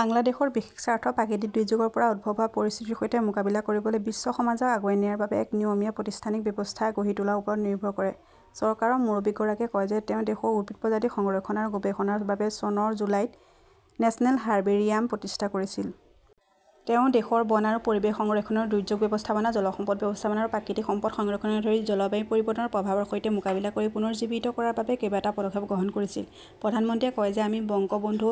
বাংলাদেশৰ বিশেষ স্বাৰ্থ প্ৰাকৃতিক দুৰ্যোগৰ পৰা উদ্ভৱ হোৱা পৰিস্থিতিৰ সৈতে মোকাবিলা কৰিবলৈ বিশ্ব সমাজক আগুৱাই নিয়াৰ বাবে এক নিয়মীয়া প্ৰতিষ্ঠানিক ব্যৱস্থা গঢ়ি তোলাৰ ওপৰত নিৰ্ভৰ কৰে। চৰকাৰৰ মুৰব্বীগৰাকীয়ে কয় যে তেওঁ দেশৰ উদ্ভিদ প্ৰজাতি সংৰক্ষণ আৰু গৱেষণাৰ বাবে চনৰ জুলাইত নেচনেল হাৰ্বেৰিয়াম প্ৰতিষ্ঠা কৰিছিল। তেওঁ দেশৰ বন আৰু পৰিৱেশ সংৰক্ষণ, দুৰ্যোগ ব্যৱস্থাপনা, জল সম্পদ ব্যৱস্থাপনা আৰু প্ৰাকৃতিক সম্পদ সংৰক্ষণকে ধৰি জলবায়ু পৰিৱৰ্তনৰ প্ৰভাৱৰ সৈতে মোকাবিলা কৰি পুনৰুজ্জীৱিত কৰাৰ বাবে কেইবাটাও পদক্ষেপ গ্ৰহণ কৰিছিল। প্ৰধানমন্ত্ৰীয়ে কয় যে আমি বংগবন্ধু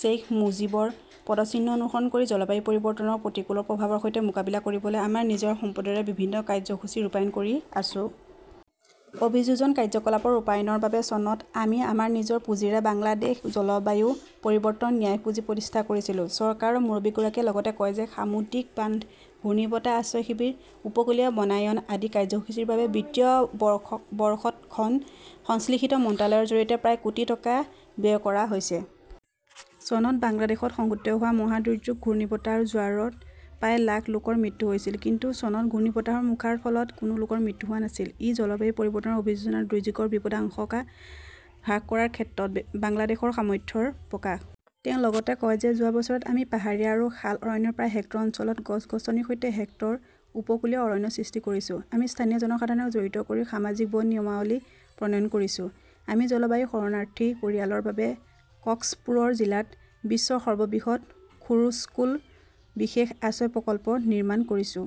শ্বেইখ মুজীবৰ পদচিহ্ন অনুসৰণ কৰি জলবায়ু পৰিৱৰ্তনৰ প্ৰতিকূল প্ৰভাৱৰ সৈতে মোকাবিলা কৰিবলৈ আমাৰ নিজৰ সম্পদৰে বিভিন্ন কাৰ্যসূচী ৰূপায়ণ কৰি আছো। অভিযোজন কাৰ্যকলাপ ৰূপায়ণৰ বাবে চনত আমি আমাৰ নিজৰ পুঁজিৰে বাংলাদেশ জলবায়ু পৰিৱৰ্তন ন্যাস পুঁজি প্ৰতিষ্ঠা কৰিছিলো। চৰকাৰৰ মুৰব্বীগৰাকীয়ে লগতে কয় যে সামুদ্ৰিক বান্ধ, ঘূৰ্ণীবতাহ আশ্ৰয় শিবিৰ, উপকূলীয় বনায়ন আদি কাৰ্যসূচীৰ বাবে বিত্তীয় বৰ্ষত খন সংশ্লিষ্ট মন্ত্ৰালয়ৰ জৰিয়তে প্ৰায় কোটি টকা ব্যয় কৰা হৈছে। চনত বাংলাদেশত সংঘটিত হোৱা মহা দুৰ্যোগ ঘূৰ্ণীবতাহ আৰু জোৱাৰত প্ৰায় লাখ লোকৰ মৃত্যু হৈছিল। কিন্তু চনত ঘূৰ্ণীবতাহ মোখাৰ ফলত কোনো লোকৰ মৃত্যু হোৱা নাছিল। ই জলবায়ু পৰিৱৰ্তন অভিযোজন আৰু দুৰ্যোগৰ বিপদাশংকা হ্ৰাস কৰাৰ ক্ষেত্ৰত বাংলাদেশৰ সামৰ্থ্যৰ প্ৰকাশ। তেওঁ লগতে কয় যে যোৱা বছৰত আমি পাহাৰীয়া আৰু শাল অৰণ্যৰ প্ৰায় হেক্টৰ অঞ্চলত গছ-গছনিৰ সৈতে হেক্টৰ উপকূলীয় অৰণ্য সৃষ্টি কৰিছো। আমি স্থানীয় জনসাধাৰণক জড়িত কৰি সামাজিক বন নিয়মাৱলী প্ৰণয়ন কৰিছো। আমি জলবায়ু শৰণাৰ্থী পৰিয়ালৰ বাবে কক্সপুৰ জিলাত বিশ্বৰ সৰ্ববৃহৎ 'খুৰুছকুল বিশেষ আশ্ৰয় প্ৰকল্প "নিৰ্মাণ কৰিছো।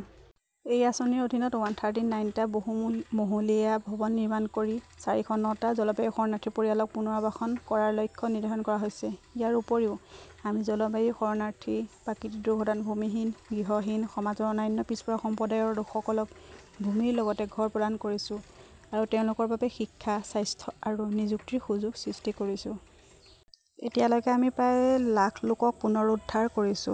এই আঁচনিৰ অধীনত ওৱান থাৰ্টি নাইন টা বহুমহলীয়া ভৱন নিৰ্মাণ কৰি, চাৰিশ ন টা জলবায়ু শৰণাৰ্থী পৰিয়ালক পুনৰ্বাসন কৰাৰ লক্ষ্য নিৰ্ধাৰণ কৰা হৈছে। ইয়াৰ উপৰিও আমি জলবায়ু শৰণাৰ্থী, প্ৰাকৃতিক দুৰ্ঘটনাত ভূমিহীন, গৃহহীন, সমাজৰ অন্যান্য পিছপৰা সম্প্ৰদায়ৰ লোকসকলক ভূমিৰ লগতে ঘৰ প্ৰদান কৰিছো আৰু তেওঁলোকৰ বাবে শিক্ষা, স্বাস্থ্য আৰু নিযুক্তিৰ সুযোগ সৃষ্টি কৰিছো। এতিয়ালৈকে আমি প্ৰায় লাখ লোকক পুনৰুদ্ধাৰ কৰিছো।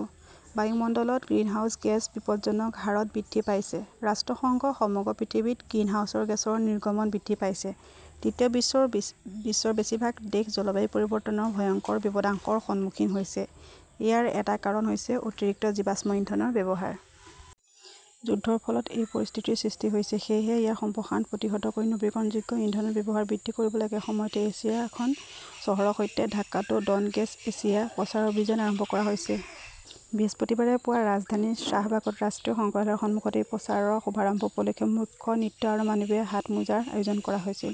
বায়ুমণ্ডলত গ্ৰিনহাউজ গেছ বিপদজনক হাৰত বৃদ্ধি পাইছেঃ ৰাষ্ট্ৰসংঘ সমগ্ৰ পৃথিৱীত গ্ৰিনহাউজ গেছৰ নিৰ্গমন বৃদ্ধি পাইছে। তৃতীয় বিশ্বৰ বেছিভাগ দেশ জলবায়ু পৰিৱৰ্তনৰ ভয়ংকৰ বিপদাশংকাৰ সন্মুখীন হৈছে। ইয়াৰ এটা কাৰণ হৈছে অতিৰিক্ত জীৱাশ্ম ইন্ধনৰ ব্যৱহাৰ। যুদ্ধৰ ফলত এই পৰিস্থিতিৰ সৃষ্টি হৈছে। সেয়েহে ইয়াৰ সম্প্ৰসাৰণ প্ৰতিহত কৰি নৱীকৰণযোগ্য ইন্ধনৰ ব্যৱহাৰ বৃদ্ধি কৰিবলৈ একে সময়তে এছিয়াৰ খন চহৰৰ সৈতে ঢাকাতো 'ডন্ট গেছ এছিয়া "প্ৰচাৰ অভিযান আৰম্ভ কৰা হৈছে। বৃহস্পতিবাৰে পুৱা ৰাজধানীৰ শ্বাহবাগত ৰাষ্ট্ৰীয় সংগ্ৰহালয়ৰ সন্মুখত এই প্ৰচাৰৰ শুভাৰম্ভ উপলক্ষে মূৰ্খ নৃত্য আৰু মানৱীয় হাতমোজাৰ আয়োজন কৰা হৈছিল।